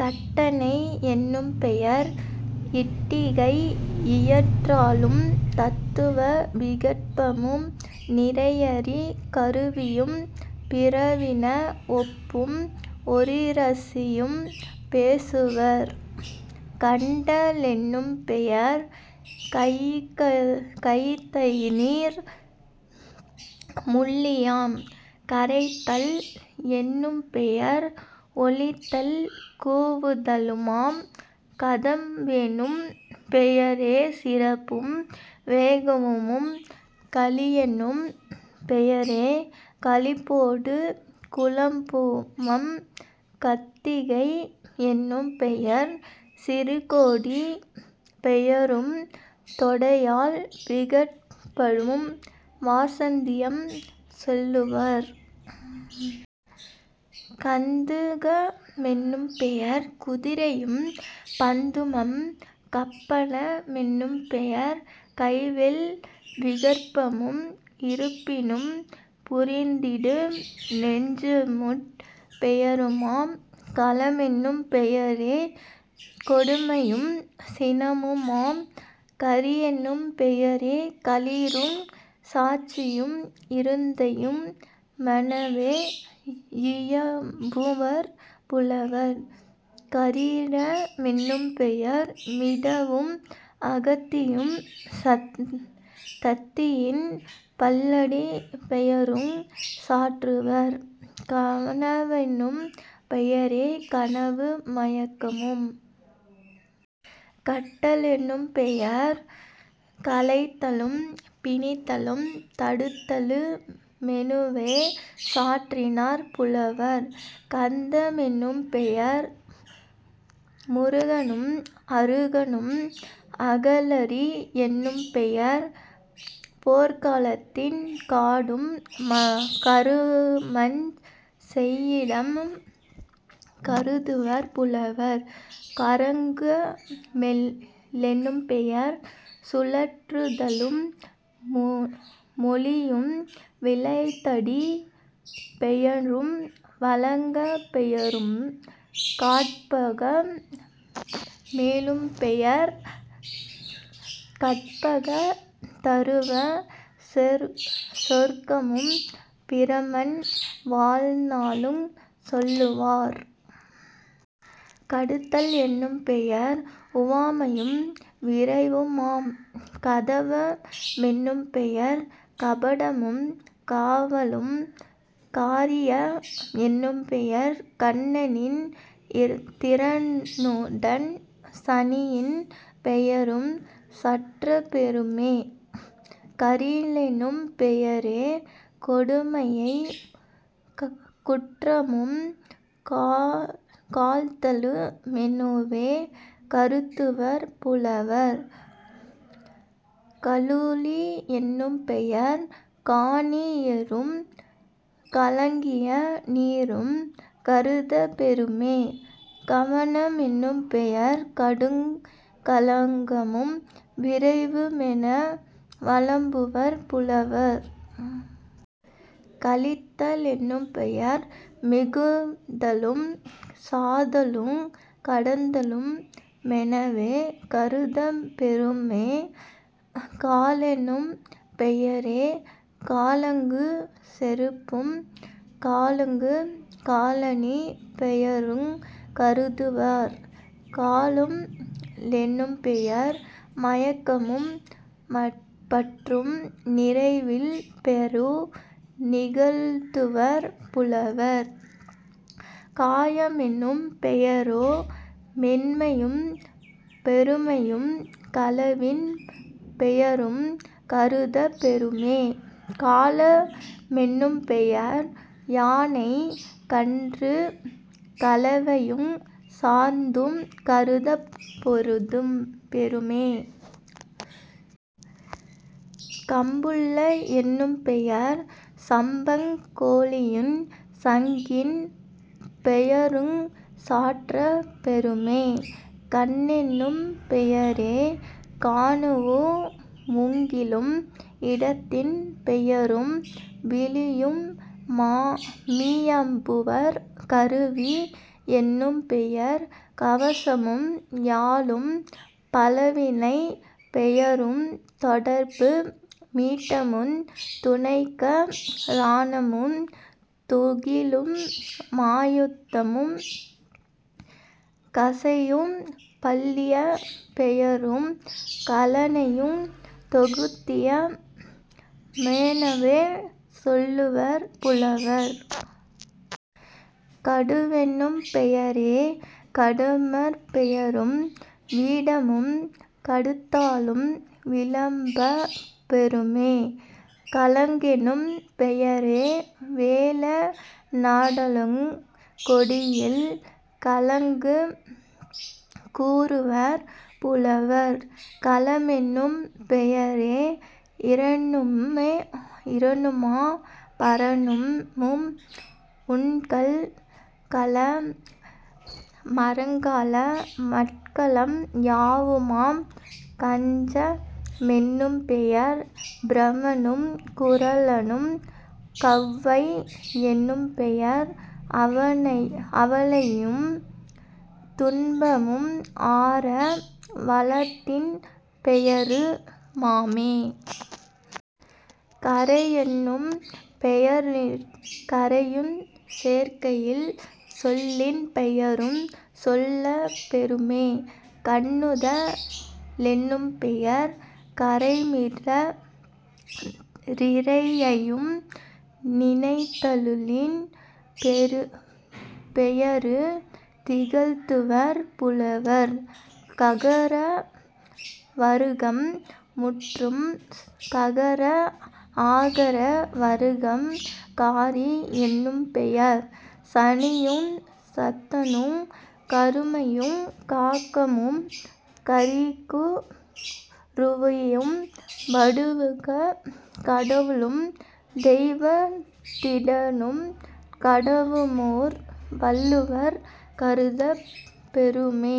கட்டளை யெனும்பெயர் இட்டிகை யியற்றலுந் தத்துவ விகற்பமு நிறையறி கருவியும் பிறவின ஒப்பும் ஓரிராசியும் பேசுவர்..... கண்ட லெனும்பெயர் கைதைநீர் முள்ளியாம்.... கரைதல் எனும்பெயர் ஒலித்தல் கூவுதலுமாம்..... கதழ்வெனும் பெயரே சிறப்பும் வேகமுமாம்..... களியெனும் பெயரே களிப்பொடு குழம்புமாம்..... கத்திகை யெனும் பெயர் சிறுகொடிப் பெயரும் தொடையல் விகற்பமும் வாசந்தியும் சொல்லுவர்..... கந்துக மெனும்பெயர் குதிரையும் பந்துமாம்..... கப்பண மெனும்பெயர் கைவேல் விகற்பமும் இரும்பினிற் புரிந்திடு நெருஞ்சிமுட் பெயருமாம்..... கலாமெனும் பெயரே கொடுமையும் சினமுமாம்.... கரியெனும் பெயரே களிறுஞ் சாட்சியும் இருந்தையு மெனவே யியம்புவர் புலவர்..... கரீர மெனும்பெயர் மிடாவும் அகத்தியும் தந்தியின் பல்லடிப் பெயருஞ் சாற்றுவர்..... கனவெனும் பெயரே கனாவு மயக்கமும்..... கட்ட லெனும்பெயர் களைதலும் பிணித்தலும் தடுத்தலு மெனவே சாற்றினர் புலவர்..... கந்த னெனும்பெயர் முருகனும் அருகனும்..... களரி யெனும்பெயர் போர்க்களமும் காடும் கருமஞ் செய்யிடமுங் கருதுவர் புலவர்..... கறங்க லெனும்பெயர் சுழற்றுதலு மொலியும் வளைதடிப் பெயரும் வழங்கப் பெறுமே..... கற்பக மெனும்பெயர் கற்பக தருவும் சொர்க்கமும் பிரமன் வாழ்நாளுஞ் சொல்லுவர்..... கடுத்தல் எனும்பெயர் உவமையும் விரைவுமாம்..... கதவ மெனும்பெயர்க் கபாடமும் காவலும்..... கரியவ னெனும்பெயர் கண்ணனிந் திரனுடன் சனியின் பெயரும் சாற்றப் பெறுமே..... கரிலெனும் பெயரே கொடுமையுங் குற்றமும் காழ்த்தலு மெனவே கருதுவர் புலவர்..... கலுழி யெனும்பெயர் கானி யாறும் கலங்கிய நீருங் கருதப் பெறுமே..... கவன மெனும்பெயர் காடுங் கலக்கமும் விரைவு மெனவே விளம்புவர் புலவர்.....। கழித்த லெனும்பெயர் மிகுதலுஞ் சாதலும் கடத்தலு மெனவே கருதப் பெறுமே..... கழலெனும் பெயரே கழங்குஞ் செருப்பும் காலுங் காலணிப் பெயருங் கருதுவர்..... கழும லெனும்பெயர் மயக்கமும் பற்றும் நிறைவின் பெயரு நிகழ்த்துவர் புலவர்..... கயமெனும் பெயரே மென்மையும் பெருமையும் களவின் பெயருங் கருதப் பெறுமே..... களப மெனும்பெயர் யானைக் கன்றும் கலவையுஞ் சாந்தும் கருதப் பெறுமே..... கம்புள் எனும்பெயர் சம்பங் கோழியுஞ் சங்கின் பெயருஞ் சாற்றப் பெறுமே..... கண்ணெனும் பெயரே கணுவு மூங்கிலும் இடத்தின் பெயரும் விழியு மியம்புவர்..... கருவி யெனும்பெயர் கவசமும் யாழும் பலவினைப் பெயருந் தொடர்பு மீட்டமுந் துணைக்கா ரணமுந் துகிலு மாயுதமும் கசையும் பல்லியப் பெயருங் கலணையுந் தொகுதியு மெனவே சொல்லுவர் புலவர்..... கடுவெனும் பெயரே கடுமரப் பெயரும் விடமும் கடுத்தலும் விளம்பப் பெறுமே..... கழங்கெனும் பெயரே வேல னாடலுங் கொடியின் கழலுங் கூறுவர் புலவர்..... கலமெனும் பெயரோ ரெண்ணுமா பரணமும் உண்கல மரக்கல மட்கலம் யாவுமாம்..... கஞ்ச னெனும்பெயர் பிரமனுங் குறளனும்..... கவ்வை யெனும்பெயர் கவலையுந் துன்பமும் ஆர வாரத்தின் பெயரு மாமே..... கரையெனும் பெயர்நீர்க் கரையுஞ் சேர்க்கையின் சொல்லின் பெயருஞ் சொல்லப் பெறுமே..... கண்ணுத லெனும்பெயர் கறைமிடற் றிறையையும் நினைத்தலின் பெயரு நிகழ்த்துவர் புலவர்..... ககர வருக்கம் முற்றும். ககர ஆகார வருக்கம் காரி யெனும்பெயர் சனியுஞ் சாத்தனுங் கருமையுங் காகமுங் கரிக்கு ருவியும் வடுகக் கடவுளுந் தெய்வேந் திரனும் கடுவுமோர் வள்ளலுங் கருதப் பெறுமே.